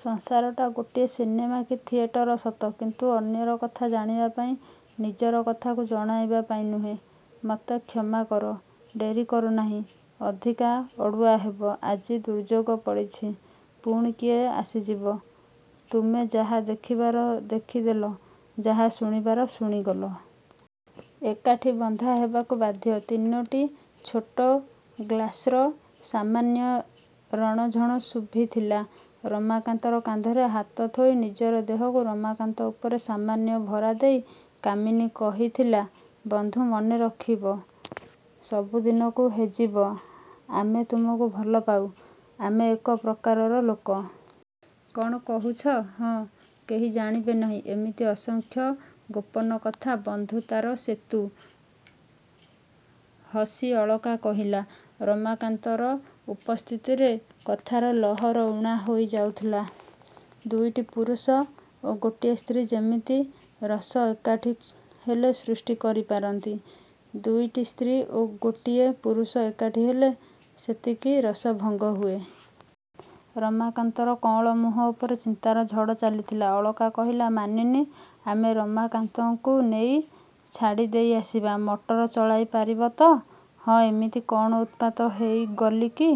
ସଂସାରଟା ଗୋଟାଏ ସିନେମା କି ଥିଏଟର ସତ; କିନ୍ତୁ ଅନ୍ୟର କଥା ଜାଣିବା ପାଇଁ-ନିଜର କଥାକୁ ଜଣାଇବା ପାଇଁ ନୁହେଁ। -ମତେ କ୍ଷମା କର। -ଡେରି କର ନାହିଁ। ଅଧିକା ଅଡ଼ୁଆ ହେବ। ଆଜି ଦୁର୍ଯୋଗ ପଡ଼ିଛି। ପୁଣି କିଏ ଆସିଯିବ? ତୁମେ ଯାହା ଦେଖିବାର ଦେଖି ଦେଲ-ଯାହା ଶୁଣିବାର ଶୁଣିଗଲ। ଏକାଠି ବନ୍ଧା ହେବାକୁ ବାଧ୍ୟ। ତିନୋଟି ଛୋଟ ଗ୍ଲାସ୍ର ସାମାନ୍ୟ ରଣଝଣ ଶୁଭିଥିଲା। ରମାକାନ୍ତର କାନ୍ଧରେ ହାତ ଥୋଇ ନିଜର ଦେହକୁ ରମାକାନ୍ତ ଉପରେ ସାମାନ୍ୟ ଭରା ଦେଇ ମାନିନୀ କହିଥିଲା-ବଂଧୁ, ମନେରଖିବ। ସବୁ ଦିନକୁ ହେଜିବ-ଆମେ ତୁମକୁ ଭଲ ପାଉ। ଆମେ ଏକ ପ୍ରକାରର ଲୋକ। କ'ଣ କହୁଛ? -ହଁ। କେହି ଜାଣିବେ ନାହିଁ। ଏମିତି ଅସଂଖ୍ୟ ଗୋପନ କଥା ବନ୍ଧୁତାର ସେତୁ। ହସି ଅଳକା କହିଲା। ରମାକାନ୍ତର ଉପସ୍ଥିତିରେ କଥାର ଲହର ଊଣା ହେଇ ଯାଉଥିଲା-ଦୁଇଟି ପୁରୁଷ ଓ ଗୋଟିଏ ସ୍ତ୍ରୀ ଯେତିକି ରସ ଏକାଠି ହେଲେ ସୃଷ୍ଟି କରି ପାରନ୍ତି, ଦୁଇଟି ସ୍ତ୍ରୀ ଓ ଗୋଟିଏ ପୁରୁଷ ଏକାଠି ହେଲେ ସେତିକି ରସଭଙ୍ଗ ହୁଏ। ରମାକାନ୍ତର କଅଁଳ ମୁହଁ ଉପରେ ଚିନ୍ତାର ଝଡ଼ ଚାଲିଥିଲା। ଅଳକା କହିଲା-ମାନିନୀ, ଆମେ ରମାକାନ୍ତଙ୍କୁ ନେଇ ଛାଡ଼ି ଦେଇ ଆସିବା। ମଟର ଚଳାଇ ପାରିବ ତ। -ହଁ, ଏମିତି କ'ଣ ଉତ୍ପାତ ହେଇଗଲି କି?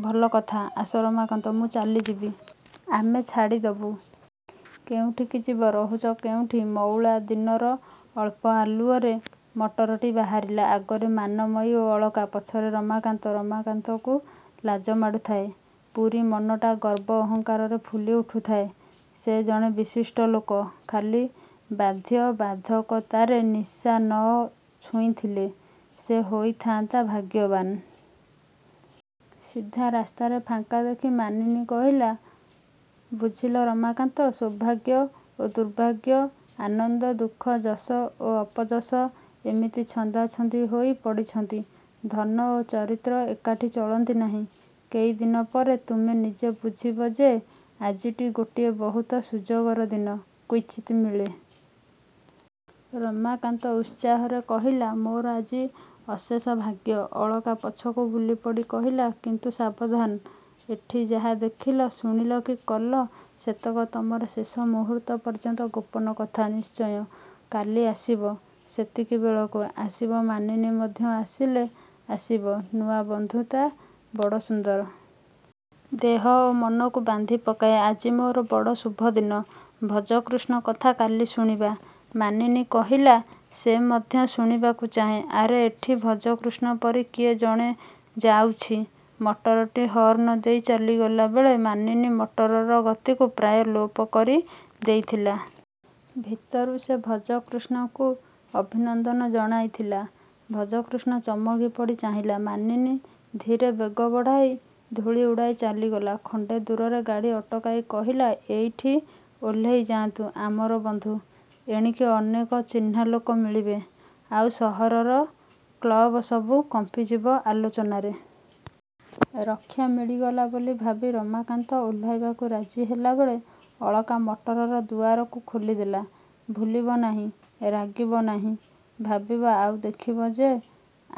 -ଭଲ କଥା। -ଆସ ରମାକାନ୍ତ। -ମୁଁ ଚାଲିଯିବି। -ଆମେ ଛାଡ଼ି ଦବୁ। କେଉଁଠିକି ଯିବ? ରହୁଛ କେଉଁଠି? ମଉଳା ଦିନର ଅଳ୍ପ ଆଲୁଅରେ ମଟରଟି ବାହାରିଲା-ଆଗରେ ମାନମୟୀ ଓ ଅଳକା। ପଛରେ ରମାକାନ୍ତ। ରମାକାନ୍ତକୁ ଲାଜ ମାଡ଼ୁଥାଏ। ପୁରି ମନଟା ଗର୍ବ ଅହଙ୍କାରରେ ଫୁଲି ଉଠୁଥାଏ-ସେ ଜଣେ ବିଶିଷ୍ଟ ଲୋକ। ଖାଲି ବାଧ୍ୟବାଧକତାରେ ନିଶା ନ ଛୁଇଁଥିଲେ ସେ ହୋଇଥାନ୍ତା ଭାଗ୍ୟବାନ୍-। ସିଧା ରାସ୍ତାରେ ଫାଙ୍କା ଦେଖି ମାନିନୀ କହିଲା-ବୁଝିଲ ରମାକାନ୍ତ, ସୌଭାଗ୍ୟ ଓ ଦୁର୍ଭାଗ୍ୟ, ଆନନ୍ଦ, ଦୁଃଖ, ଯଶ ଓ ଅପଯଶ ଏମିତି ଛନ୍ଦାଛନ୍ଦି ହୋଇ ପଡ଼ିଛନ୍ତି। ଧନ ଓ ଚରିତ୍ର ଏକାଠି ଚଳନ୍ତି ନାହିଁ। କେଇ ଦିନ ପରେ ତୁମେ ନିଜେ ବୁଝିବ ଯେ ଆଜିଟି ଗୋଟିଏ ବହୁତ ସୁଯୋଗର ଦିନ-କ୍ୱଚିତ୍ ମିଳେ। ରମାକାନ୍ତ ଉତ୍ସାହରେ କହିଲା-ମୋର ଆଜି ଅଶେଷ ଭାଗ୍ୟ। ଅଳକା ପଛକୁ ବୁଲିପଡ଼ି କହିଲା-କିନ୍ତୁ ସାବଧାନ! ଏଠି ଯାହା ଦେଖିଲ, ଶୁଣିଲ କି କଲ ସେତକ ତମର ଶେଷ ମୁହୂର୍ତ୍ତ ପର୍ଯ୍ୟନ୍ତ ଗୋପନ କଥା। -ନିଶ୍ଚୟ। -କାଲି ଆସିବ। ସେତିକି ବେଳକୁ। ଆସିବ ମାନିନୀ ମଧ୍ୟ ଆସିଲେ ଆସିବ ନୂଆ ବନ୍ଧୁତା ବଡ଼ ସୁନ୍ଦର। ଦେହ ଓ ମନକୁ ବାନ୍ଧି ପକାଏ। ଆଜି ମୋର ବଡ଼ ଶୁଭଦିନ-ଭଜକୃଷ୍ଣ କଥା କାଲି ଶୁଣିବା। ମାନିନୀ କହିଲା-ସେ ମଧ୍ୟ ଶୁଣିବାକୁ ଚାହେଁ। ଆରେ ଏଠି ଭଜକୃଷ୍ଣ ପରି କିଏ ଜଣେ ଯାଉଛି। ମଟରଟି ହର୍ଣ୍ଣ ଦେଇ ଚାଲିଗଲା ବେଳେ ମାନିନୀ ମଟରର ଗତିକୁ ପ୍ରାୟ ଲୋପ କରି ଦେଇଥିଲା। ଭିତରୁ ସେ ଭଜକୃଷ୍ଣକୁ ଅଭିନନ୍ଦନ ଜଣାଇଥିଲା। ଭଜକୃଷ୍ଣ ଚମକି ପଡ଼ି ଚାହିଁଲା। ମାନିନୀ ଧୀରେ ବେଗ ବଢ଼ାଇ ଧୂଳି ଉଠାଇ ଚାଲିଗଲା। ଖଣ୍ଡେ ଦୂରରେ ଗାଡ଼ି ଅଟକାଇ କହିଲା-ଏଇଠି ଓହ୍ଲେଇଯାନ୍ତୁ-ଆମର ବନ୍ଧୁ। ଏଣିକି ଅନେକ ଚିହ୍ନା ଲୋକ ମିଳିବେ। ଆଉ ସହରର କ୍ଲବ ସବୁ କମ୍ପିଯିବ ଆଲୋଚନାରେ। ରକ୍ଷା ମିଳିଗଲା ବୋଲି ଭାବି ରମାକାନ୍ତ ଓହ୍ଲାଇବାକୁ ରାଜି ହେଲାବେଳେ ଅଳକା ମଟରର ଦୁଆରକୁ ଖୋଲିଦେଲା। -ଭୁଲିବ ନାହିଁ। ରାଗିବ ନାହିଁ। -ଭାବିବ ଆଉ ଦେଖିବ ଯେ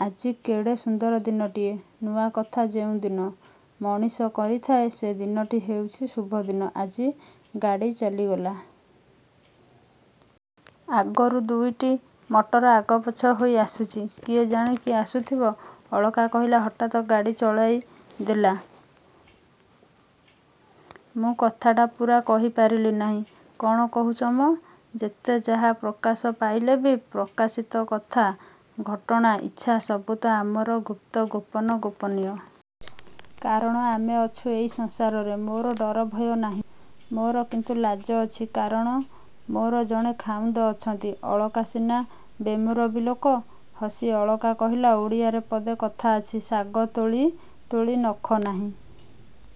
ଆଜି କେଡ଼େ ସୁନ୍ଦର ଦିନଟିଏ-ନୂଆ କଥା ଯେଉଁଦିନ ମଣିଷ କରିଥାଏ ସେ ଦିନଟି ହେଉଛି ଶୁଭଦିନ। ଆଜି ଗାଡ଼ି ଚାଲିଗଲା। ଆଗରୁ ଦୁଇଟି ମଟର ଆଗପଛ ହୋଇ ଆସୁଛି। କିଏ ଜାଣେ କିଏ ଆସୁଥିବ। ଅଳକା କହିଲା-ହଠାତ୍ ଗାଡ଼ି ଚଳାଇ ଦେଲା। ମୁଁ କଥାଟା ପୂରା କହି ପାରିଲି ନାହିଁ। -କ'ଣ କହୁଛ ମ? ଯେତେ ଯାହା ପ୍ରକାଶ ପାଇଲେ ବି ପ୍ରକାଶିତ କଥା, ଘଟଣା, ଇଚ୍ଛା ସବୁ ତ ଆମର ଗୁପ୍ତ-ଗୋପନ-ଗୋପନୀୟ। କାରଣ ଆମେ ଅଛୁ ଏଇ ସଂସାରରେ। -ମୋର ଡର ଭୟ ନାହିଁ। -ମୋର କିନ୍ତୁ ଲାଜ ଅଛି। କାରଣ ମୋର ଜଣେ ଖାଉନ୍ଦ ଅଛନ୍ତି। ଅଳକା ସିନା ବେମୁରବି ଲୋକ। ହସି ଅଳକା କହିଲା-ଓଡ଼ିଆରେ ପଦେ କଥା ଅଛି। -ଶାଗ ତୋଳି ତୋଳି ନଖ ନାହିଁ।